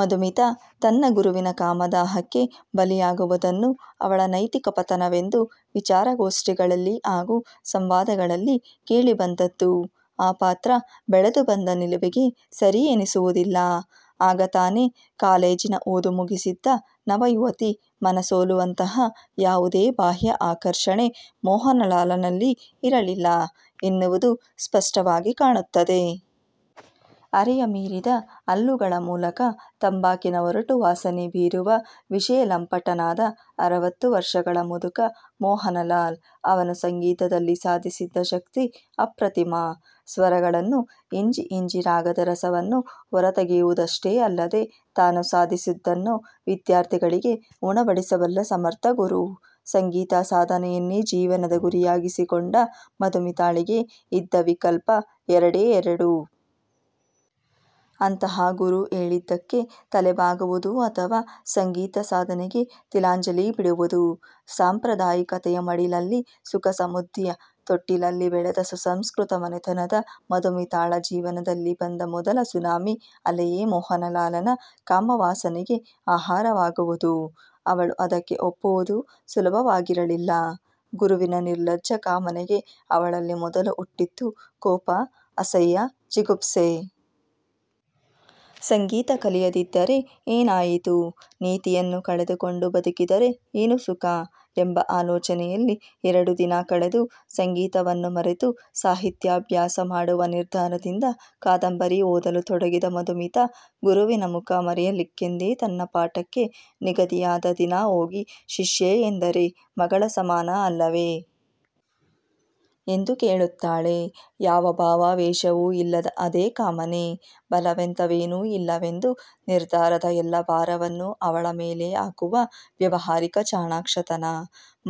ಮಧುಮಿತಾ ತನ್ನ ಗುರುವಿನ ಕಾಮದಾಹಕ್ಕೆ ಬಲಿಯಾಗುವುದನ್ನು ಅವಳ ನೈತಿಕ ಪತನವೆಂದು ವಿಚಾರಗೋಷ್ಠಿಗಳಲ್ಲಿ ಹಾಗೂ ಸಂವಾದದಲ್ಲಿ ಕೇಳಿಬಂದದ್ದು ಆ ಪಾತ್ರ ಬೆಳೆದು ಬಂದ ನಿಲುವಿಗೆ ಸರಿ ಎನಿಸುವುದಿಲ್ಲ. ಆಗ ತಾನೇ ಕಾಲೇಜಿನ ಓದು ಮುಗಿಸಿದ್ದ ನವ ಯುವತಿ ಮನಸೋಲುವಂತಹ ಯಾವುದೇ ಬಾಹ್ಯ ಆಕರ್ಷಣೆ ಮೋಹನಲಾಲನಲ್ಲಿ ಇರಲಿಲ್ಲ ಎನ್ನುವುದು ಸ್ಪಷ್ಟವಾಗಿ ಕಾಣುತ್ತದೆ. ಹರೆಯ ಮೀರಿದ, ಹಲ್ಲುಗಳ ಮೂಲಕ ತಂಬಾಕಿನ ಒರಟು ವಾಸನೆ ಬೀರುವ ವಿಷಯ ಲಂಪಟನಾದ ಅರವತ್ತು ವರ್ಷಗಳ ಮುದುಕ ಮೋಹನಲಾಲ್. ಅವನು ಸಂಗೀತದಲ್ಲಿ ಸಾಧಿಸಿದ್ದ ಶಕ್ತಿ ಅಪ್ರತಿಮ. ಸ್ವರಗಳನ್ನು ಹಿಂಜಿ ಹಿಂಜಿ ರಾಗದ ರಸವನ್ನು ಹೊರತೆಗೆಯುವುದಷ್ಟೇ ಅಲ್ಲದೆ, ತಾನು ಸಾಧಿಸಿದ್ದನ್ನು ವಿದ್ಯಾರ್ಥಿಗಳಿಗೆ ಉಣಬಡಿಸಬಲ್ಲ ಸಮರ್ಥ ಗುರು. ಸಂಗೀತ ಸಾಧನೆಯನ್ನೇ ಜೀವನದ ಗುರಿಯಾಗಿಸಿಕೊಂಡ ಮಧುಮಿತಾಳಿಗೆ ಇದ್ದ ವಿಕಲ್ಪ ಎರಡೇ ಎರಡು. ಅಂತಹ ಗುರು ಹೇಳಿದ್ದಕ್ಕೆ ತಲೆ ಬಾಗುವುದು ಅಥವಾ ಸಂಗೀತ ಸಾಧನೆಗೆ ತಿಲಾಂಜಲಿ ಬಿಡುವುದು. ಸಾಂಪ್ರದಾಯಿಕತೆಯ ಮಡಿಲಲ್ಲಿ, ಸುಖ-ಸಮದ್ಧಿಯ ತೊಟ್ಟಿಲಲ್ಲಿ ಬೆಳೆದ ಸುಸಂಸ್ಕತ ಮನೆತನದ ಮಧುಮಿತಾಳ ಜೀವನದಲ್ಲಿ ಬಂದ ಮೊದಲ ಸುನಾಮಿ ಅಲೆಯೇ ಮೋಹನಲಾಲನ ಕಾಮವಾಸನೆಗೆ ಆಹಾರವಾಗುವುದು. ಅವಳು ಅದಕ್ಕೆ ಒಪ್ಪುವುದು ಸುಲಭವಾಗಿರಲಿಲ್ಲ. ಗುರುವಿನ ನಿರ್ಲಜ್ಜ ಕಾಮನೆಗೆ ಅವಳಲ್ಲಿ ಮೊದಲು ಹುಟ್ಟಿದ್ದು ಕೋಪ-ಅಸಹ್ಯ-ಜಿಗುಪ್ಸೆ. ಸಂಗೀತ ಕಲಿಯದಿದ್ದರೆ ಏನಾಯಿತು? ನೀತಿಯನ್ನೇ ಕಳೆದುಕೊಂಡು ಬದುಕಿದರೆ ಏನು ಸುಖ? ಎಂಬ ಆಲೋಚನೆಯಲ್ಲಿ ಎರಡು ದಿನ ಕಳೆದು ಸಂಗೀತವನ್ನು ಮರೆತು, ಸಾಹಿತ್ಯಾಭ್ಯಾಸ ಮಾಡುವ ನಿರ್ಧಾರದಿಂದ ಕಾದಂಬರಿ ಓದಲು ತೊಡಗಿದ ಮಧುಮಿತಾ ಗುರುವಿನ ಮುಖ ಮುರಿಯಲಿಕ್ಕೆಂದೇ ತನ್ನ ಪಾಠಕ್ಕೆ ನಿಗದಿಯಾದ ದಿನ ಹೋಗಿ 'ಶಿಷ್ಯೆ ಅಂದರೆ ಮಗಳ ಸಮಾನ ಅಲ್ಲವೇ? ' ಎಂದು ಕೇಳುತ್ತಾಳೆ. ಯಾವ ಭಾವಾವೇಶವೂ ಇಲ್ಲದ ಅದೇ ಕಾಮನೆ.. ಬಲವಂತವೇನೂ ಇಲ್ಲವೆಂದು ನಿರ್ಧಾರದ ಎಲ್ಲಾ ಭಾರವನ್ನೂ ಅವಳ ಮೇಲೇ ಹಾಕುವ ವ್ಯಾವಹಾರಿಕ ಚಾಣಾಕ್ಷತನ.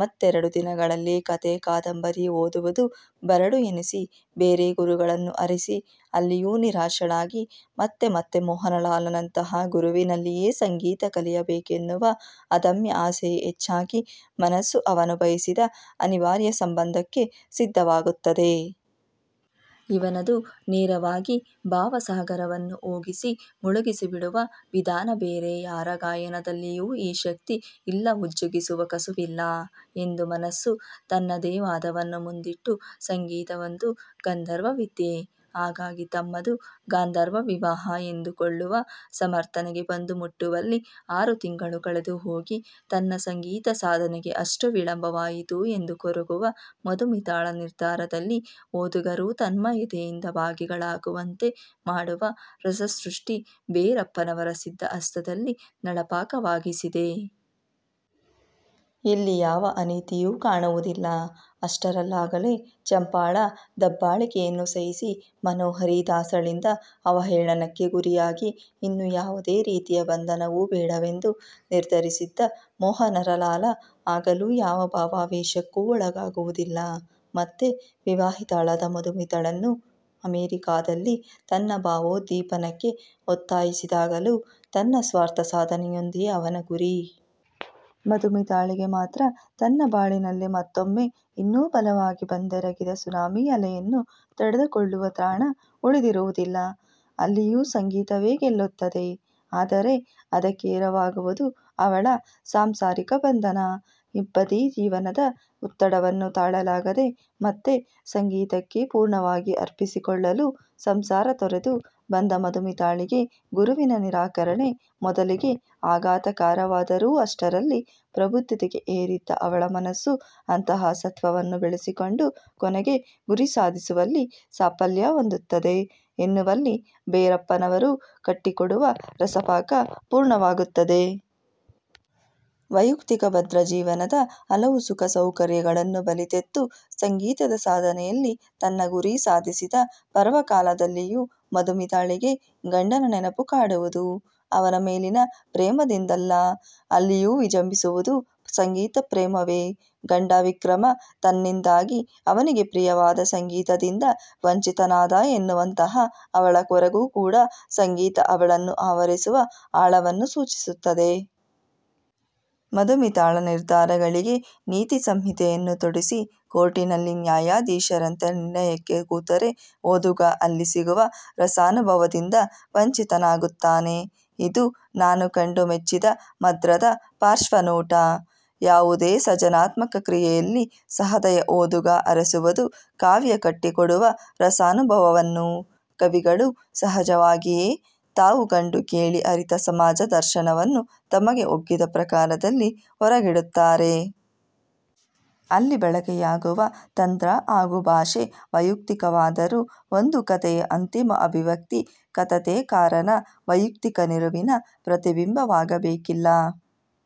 ಮತ್ತೆರಡು ದಿನಗಳಲ್ಲೇ, ಕಥೆ-ಕಾದಂಬರಿ ಓದುವುದು ಬರಡು ಎನಿಸಿ, ಬೇರೆ ಗುರುಗಳನ್ನು ಅರಸಿ ಅಲ್ಲಿಯೂ ನಿರಾಶಳಾಗಿ, ಮತ್ತೆ ಮತ್ತೆ, ಮೋಹನಲಾಲನಂತಹ ಗುರುವಿನಲ್ಲಿಯೇ ಸಂಗೀತ ಕಲಿಯಬೇಕೆನ್ನುವ ಅದಮ್ಯ ಆಸೆಯೇ ಹೆಚ್ಚಾಗಿ ಮನಸ್ಸು ಅವನು ಬಯಸಿದ ಅನಿವಾರ್ಯ ಸಂಬಂಧಕ್ಕೆ ಸಿದ್ಧವಾಗುತ್ತದೆ. ' ಇವನದು ನೇರವಾಗಿ ಭಾವ ಸಾಗರವನ್ನು ಹೊಗಿಸಿ ಮುಳುಗಿಸಿಬಿಡುವ ವಿಧಾನಬೇರೆ ಯಾರ ಗಾಯನದಲ್ಲಿಯೂ ಈ ಶಕ್ತಿ ಇಲ್ಲಉಜ್ಜುಗಿಸುವ ಕಸುವಿಲ್ಲ' ಎಂದು ಮನಸ್ಸು ತನ್ನದೇ ವಾದವನ್ನು ಮುಂದಿಟ್ಟು, ಸಂಗೀತ ಒಂದು ಗಂಧರ್ವ ವಿದ್ಯೆ, ಹಾಗಾಗಿ ತಮ್ಮದು ಗಾಂಧರ್ವ ವಿವಾಹ ಎಂದುಕೊಳ್ಳುವ ಸಮರ್ಥನೆಗೆ ಬಂದು ಮುಟ್ಟುವಲ್ಲಿ ಆರು ತಿಂಗಳು ಕಳೆದುಹೋಗಿ, ತನ್ನ ಸಂಗೀತ ಸಾಧನೆಗೆ ಅಷ್ಟು ವಿಳಂಬವಾಯಿತು ಎಂದು ಕೊರಗುವ ಮಧುಮಿತಾಳ ನಿರ್ಧಾರದಲ್ಲಿ ಓದುಗರೂ ತನ್ಮಯತೆಯಿಂದ ಭಾಗಿಗಳಾಗುವಂತೆ ಮಾಡುವ ರಸಸಷ್ಟಿ ಭೆರಪ್ಪನವರ ಸಿದ್ಧಹಸ್ತದಲ್ಲಿ ನಳಪಾಕವಾಗಿಸಿದೆ. ಇಲ್ಲಿ ಯಾವ ಅನೀತಿಯೂ ಕಾಣುವುದಿಲ್ಲ. ಅಷ್ಟರಲ್ಲಾಗಲೇ, ಚಂಪಾಳ ದಬ್ಬಾಳಿಕೆಯನ್ನು ಸಹಿಸಿ, ಮನೋಹರಿ ದಾಸಳಿಂದ ಅವಹೇಳನಕ್ಕೆ ಗುರಿಯಾಗಿ ಇನ್ನು ಯಾವುದೇ ರೀತಿಯ ಬಂಧನವೂ ಬೇಡವೆಂದು ನಿರ್ಧರಿಸಿದ್ದ ಮನೋಹರಲಾಲ, ಆಗಲೂ ಯಾವ ಭಾವಾವೇಶಕ್ಕೂ ಒಳಗಾಗುವುದಿಲ್ಲ. ಮತ್ತೆ, ವಿವಾಹಿತಳಾದ ಮಧುಮಿತಾಳನ್ನು ಅಮೆರಿಕದಲ್ಲಿ ತನ್ನ ಭಾವೋದ್ದೀಪನಕ್ಕೆ ಒತ್ತಾಯಿಸಿದಾಗಲೂ ತನ್ನ ಸ್ವಾರ್ಥ ಸಾಧನೆಯೊಂದೇ ಅವನ ಗುರಿ. ಮಧುಮಿತಾಳಿಗೆ ಮಾತ್ರ ತನ್ನ ಬಾಳಿನಲ್ಲಿ ಮತ್ತೊಮ್ಮೆ ಇನ್ನೂ ಬಲವಾಗಿ ಬಂದೆರಗಿದ ಸುನಾಮಿ ಅಲೆಯನ್ನು ತಡೆದುಕೊಳ್ಳುವ ತ್ರಾಣ ಉಳಿದಿರುವುದಿಲ್ಲ. ಅಲ್ಲಿಯೂ ಸಂಗೀತವೇ ಗೆಲ್ಲುತ್ತದೆ. ಆದರೆ ಅದಕ್ಕೆ ಎರವಾಗುವುದು ಅವಳ ಸಾಂಸಾರಿಕ ಬಂಧನ. ಇಬ್ಬಂದಿ ಜೀವನದ ಒತ್ತಡವನ್ನು ತಾಳಲಾಗದೆ, ಮತ್ತೆ ಸಂಗೀತಕ್ಕೇ ಪೂರ್ಣವಾಗಿ ಅರ್ಪಿಸಿಕೊಳ್ಳಲು ಸಂಸಾರ ತೊರೆದು ಬಂದ ಮಧುಮಿತಾಳಿಗೆ, ಗುರುವಿನ ನಿರಾಕರಣೆ ಮೊದಲಿಗೆ ಆಘಾತಕರವಾದರೂ, ಅಷ್ಟರಲ್ಲಿ ಪ್ರಬುದ್ಧತೆಗೆ ಏರಿದ್ದ ಅವಳ ಮನಸ್ಸು, ಅಂತಃಸತ್ತ್ವವನ್ನು ಬೆಳೆಸಿಕೊಂಡು ಕೊನೆಗೆ ಗುರಿಸಾಧಿಸುವಲ್ಲಿ ಸಾಫಲ್ಯ ಹೊಂದುತ್ತದೆ ಎನ್ನುವಲ್ಲಿ ಭೆರಪ್ಪನವರು ಕಟ್ಟಿಕೊಡುವ ರಸಪಾಕ ಪೂರ್ಣವಾಗುತ್ತದೆ. ವೆಯಕ್ತಿಕ ಭದ್ರ ಜೀವನದ ಹಲವು ಸುಖ-ಸೌಕರ್ಯಗಳನ್ನು ಬಲಿತೆತ್ತು, ಸಂಗೀತದ ಸಾಧನೆಯಲ್ಲಿ ತನ್ನ ಗುರಿ ಸಾಧಿಸಿದ ಪರ್ವಕಾಲದಲ್ಲಿಯೂ ಮಧುಮಿತಾಳಿಗೆ ಗಂಡನ ನೆನಪು ಕಾಡುವುದು ಅವನ ಮೇಲಿನ ಪ್ರೇಮದಿಂದಲ್ಲಅಲ್ಲಿಯೂ ವಿಜಂಭಿಸುವುದು ಸಂಗೀತ ಪ್ರೇಮವೇ.. ಗಂಡ ವಿಕ್ರಮ ತನ್ನಿಂದಾಗಿ, ಅವನಿಗೆ ಪ್ರಿಯವಾದ ಸಂಗೀತದಿಂದ ವಂಚಿತನಾದ ಎನ್ನುವಂತಹ ಅವಳ ಕೊರಗೂ ಕೂಡ ಸಂಗೀತ ಅವಳನ್ನು ಆವರಿಸಿರುವ ಆಳವನ್ನು ಸೂಚಿಸುತ್ತದೆ. ಮಧುಮಿತಾಳ ನಿರ್ಧಾರಗಳಿಗೆ ನೀತಿ ಸಂಹಿತೆಯನ್ನು ತೊಡಿಸಿ, ಕೋರ್ಟಿನಲ್ಲಿ ನ್ಯಾಯಾಧೀಶರಂತೆ ನಿರ್ಣಯಕ್ಕೆ ಕೂತರೆ, ಓದುಗ ಅಲ್ಲಿ ಸಿಗುವ ರಸಾನುಭವದಿಂದ ವಂಚಿತನಾಗುತ್ತಾನೆ. ಇದು, ನಾನು ಕಂಡು ಮೆಚ್ಚಿದ ಮಂದ್ರದ ಪಾರ್ಶ್ವ ನೋಟ. ಯಾವುದೇ ಸಜನಾತ್ಮಕ ಕ್ರಿಯೆಯಲ್ಲಿ ಸಹದಯ ಓದುಗ ಅರಸುವುದು ಕಾವ್ಯ ಕಟ್ಟಿಕೊಡುವ ರಸಾನುಭವವನ್ನು. ಕವಿಗಳು ಸಹಜವಾಗಿಯೇ, ತಾವು ಕಂಡು ಕೇಳಿ ಅರಿತ ಸಮಾಜ ದರ್ಶನವನ್ನು ತಮಗೆ ಒಗ್ಗಿದ ಪ್ರಕಾರದಲ್ಲಿ ಹೊರಗಿಡುತ್ತಾರೆ. ಅಲ್ಲಿ ಬಳಕೆಯಾಗುವ ತಂತ್ರ ಹಾಗೂ ಭಾಷೆ ವೆಯಕ್ತಿಕವಾದರೂ, ಒಂದು ಕಥೆಯ ಅಂತಿಮ ಅಭಿವ್ಯಕ್ತಿ ಕತಥೆಕಾರನ ವೈಯಕ್ತಿಕ ನಿಲುವಿನ ಪ್ರತಿಬಿಂಬವಾಗಬೇಕಿಲ್ಲ.